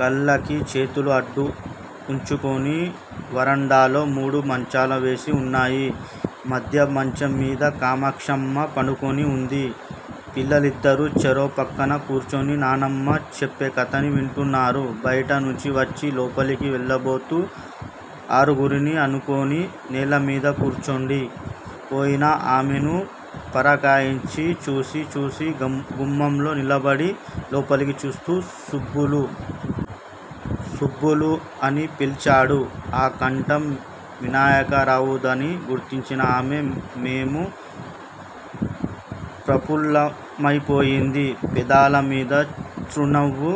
కళ్ళకి చేతులు అడ్డు వుంచుకుని! వరండాలో మూడు మంచాలు వేసి వున్నాయి మధ్య మంచం మీద కామాక్షమ్మ పడుకుని వుంది. పిల్లలిద్దరూ చెరో పక్కనా కూర్చుని నానమ్మ చెప్పే కథని వింటున్నారు బైట నుంచి వచ్చి లోపలికి వెళ్ళబోతూ అరుగుని ఆనుకుని నేలమీద కూర్చుండి పోయిన ఆమెను పరకాయించి చూసి చూసి గుమ్మంలో నిలబడి లోపలికి చూస్తూ- సుబ్బులూ! సుబ్బులూ! అని పిలిచాడు. ఆ కంఠం వినాయకరావుదని గుర్తించిన ఆమె మే ము ప్రపుల్లమయిపోయింది. పెదాల మీద చ్రునవ్వు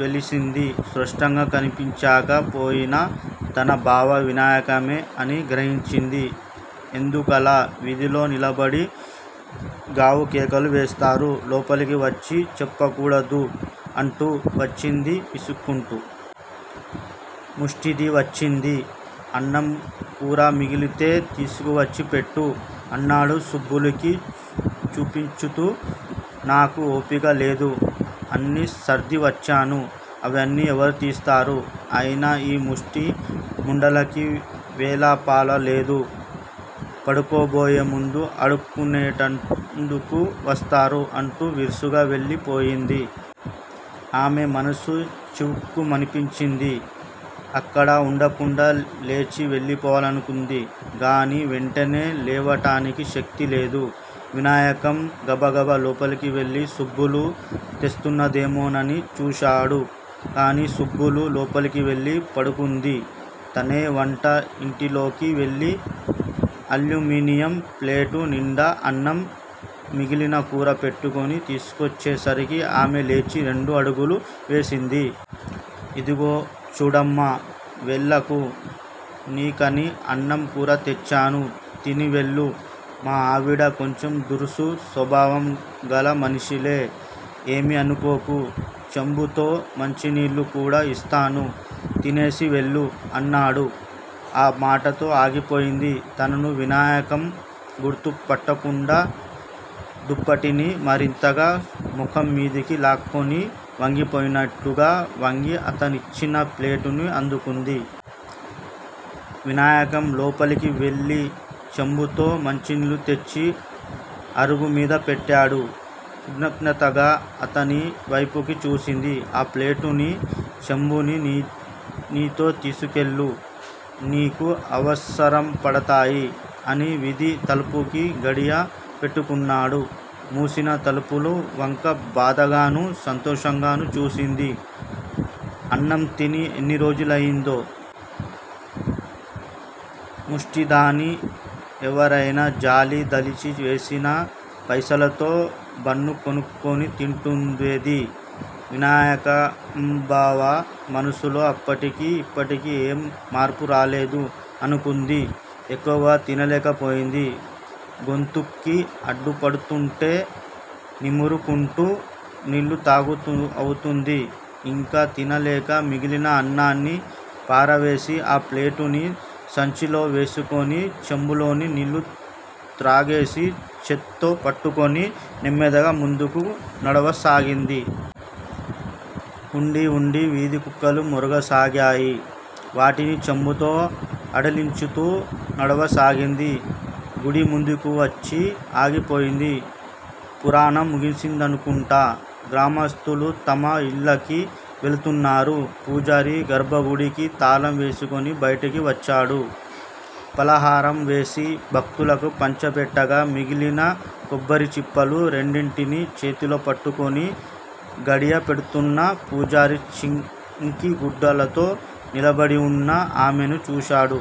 వెలిసింది. స్పష్టంగా కనిపించక పోయినా తన బావ వినాయకమే అని గ్రహించింది. ఎందుకలా వీధిలో నిలబడి గావుకేకలు వేస్తారు? లోపలికి వచ్చి చెప్పకూడదూ? అంటూ వచ్చింది విసుక్కుంటూ! ముస్టిది వచ్చింది. అన్నం కూరా మిగిలితే తీసుకువచ్చి పెట్టు! అన్నాడు సుబ్బులుకి చూపించుతూ. నాకు ఓపిక లేదు! అన్నీ సర్ది వచ్చాను. అవన్నీ ఎవరు తీస్తారు? అయినా ఈ ముష్టి ముండలకి వేళాపాళా లేదు! పడుకోబోయే ముందు అడుక్కునేటందుకు వస్తారు అంటూ విసురుగా వెళ్ళి పోయింది. ఆమె మనసు చివుక్కుమనిపించింది. అక్కడ వుండకుండా లేచి వెళ్లిపోవాలనుకున్నది గాని వెంటనే లేవటానికి శక్తి లేదు! వినాయకం గబగబా లోపలికి వెళ్ళి సుబ్బులు తెస్తున్నదేమోనని చూశాడు. కాని సుబ్బులు లోపలికి వెళ్ళి పడుకుంది. తనే వంట ఇంటిలోకి వెళ్ళి అల్యూమినియం ప్లేటు నిండా అన్నం, మిగిలిన కూరా పెట్టుకుని తీసుకొచ్చేసరికి ఆమె లేచి రెండు అడుగులు వేసింది. ఇదిగో! చూడమ్మా! వెళ్ళకు! నీకని అన్నం కూరా తెచ్చాను తిని వెళ్ళు! మా ఆవిడ కొంచెం దురుసు స్వభావం గల మనిషిలే! ఏమీ అనుకోకు! చెంబుతో మంచినీళ్ళు కూడా యిస్తాను. తినేసి వెళ్ళు! అన్నాడు. ఆ మాటతో ఆగిపోయింది. తనను వినాయకం గుర్తు పట్టకుండా దుప్పటిని మరింతగా ముఖం మీదకి లాక్కుని వంగిపోయినట్లుగా వంగి అతనిచ్చిన ప్లేటుని అందుకుంది. వినాయకం లోపలికి వెళ్ళి చెంబుతో మంచినీళ్ళు తెచ్చి అరుగుమీద పెట్టాడు. కృతజ్ఞతగా అతని వైపుకి చూసింది ఆ ప్లేటుని చెంబుని నీతో తీసుకెళ్ళు! నీకు అవసర పడతాయి! అని వీధి తలుపుకి గడియ పెట్టుకున్నాడు. మూసినా తలుపుల వంక బాధగానూ, సంతోషంగానూ చూసింది. అన్నంతిని ఎన్నిరోజులయిందో? ముష్టిదాని ఎవరయినా జాలి తలిచి వేసిన పైసలుతో బన్నుకొనుక్కుని తింటుండేది! వినాయకంబావ మనసులో అప్పటికీ ఇప్పటికీ ఏం మార్పురాలేదు! అనుకుంది. ఎక్కువ తినలేకపోయింది. గొంతుక్కి అడ్డుపడుతుంటే నిమురుకుంటూ నీళ్ళుత్రాగుతూవుంది. యింక తినలేక మిగిలిన అన్నాన్ని పారవేసి ఆ ప్లేటుని సంచిలోవేసుకుని చెంబులోని నీళ్ళత్రాగేసి చేత్తో పట్టుకుని నెమ్మదిగా ముందుకి నడవసాగింది. వుండీవుండీ వీధికుక్కలు మొరగసాగాయి. వాటిని చెంబుతో అడిలించుతూ నడవసాగింది. గుడిముందుకివచ్చి ఆగిపోయింది. పురాణం ముగుసిందనుకుంటా! గ్రామస్తులు తమ ఇళ్ళకి వెళుతున్నారు. పూజారి గర్భగుడికి తాళం వేసుకుని బయటికి వచ్చాడు. ఫలహారంవేసి భక్తులకు పంచిపెట్టగా మిగిలిన కొబ్బరిచిప్పలు రెండింటిని చేతితోపట్టుకుని గడియపెడుతున్న పూజారి చింకిగుడ్డలతో నిలబడివున్న ఆమెను చూశాడు.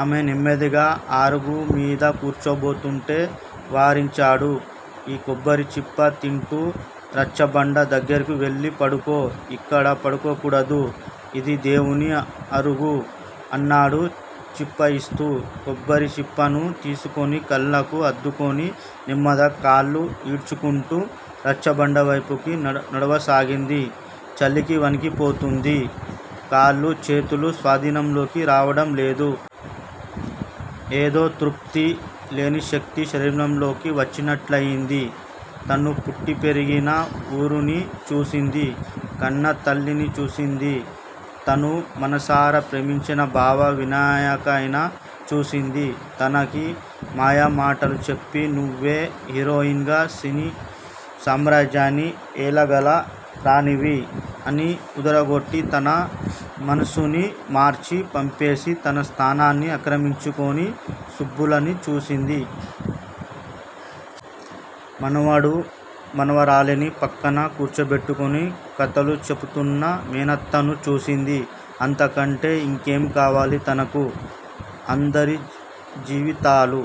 ఆమె నెమ్మదిగా అరుగుమీద కూర్చోబోతుంటే వారించాడు. ఈ కొబ్బరిచిప్ప తింటూ రచ్చబండ దగ్గిరకు వెళ్ళి పడుకో! యిక్కడ పడుకోకూడదు. యిది దేవుని అరుగు! అన్నాడు చిప్పయిస్తూ! కొబ్బరిచిప్పను తీసుకుని కళ్ళకు అద్దుకుని నెమ్మదిగా కాళ్ళు ఈడ్చుకుంటూ రచ్చబండవైపుకి నడవసాగింది. చలికి వణికిపోతోంది! కాళ్ళూ, చేతులూ స్వాధీనంలోకి రావడంలేదు! ఏదో తృప్తి! లేనిశక్తి శరీరంలోకి వచ్చినట్లయింది! తను పుట్టిపెరిగిన ఊరుని చూసింది. కన్నతల్లినిచూసింది. తను మనసారా ప్రేమించినబావ వినాయకనై చూసింది. తనకి మాయమాటలు చెప్పి నువ్వే హీరోయిన్ గా సినీ సామ్రాజ్యాన్ని ఏలగల రాణివి! అని ఊదరగొట్టి తన మనసునిమార్చి పంపేసి తన స్థానాన్ని ఆక్రమించుకునీ సుబ్బులుని చూసింది. మనవడు, మనవరాలిని పక్కన కూర్చోబెట్టుకుని కథలుచెపుతున్న మేనత్తను చూసింది. అంతకంటే యింకేంకావాలి తనకు? అందరి జీవితాలూ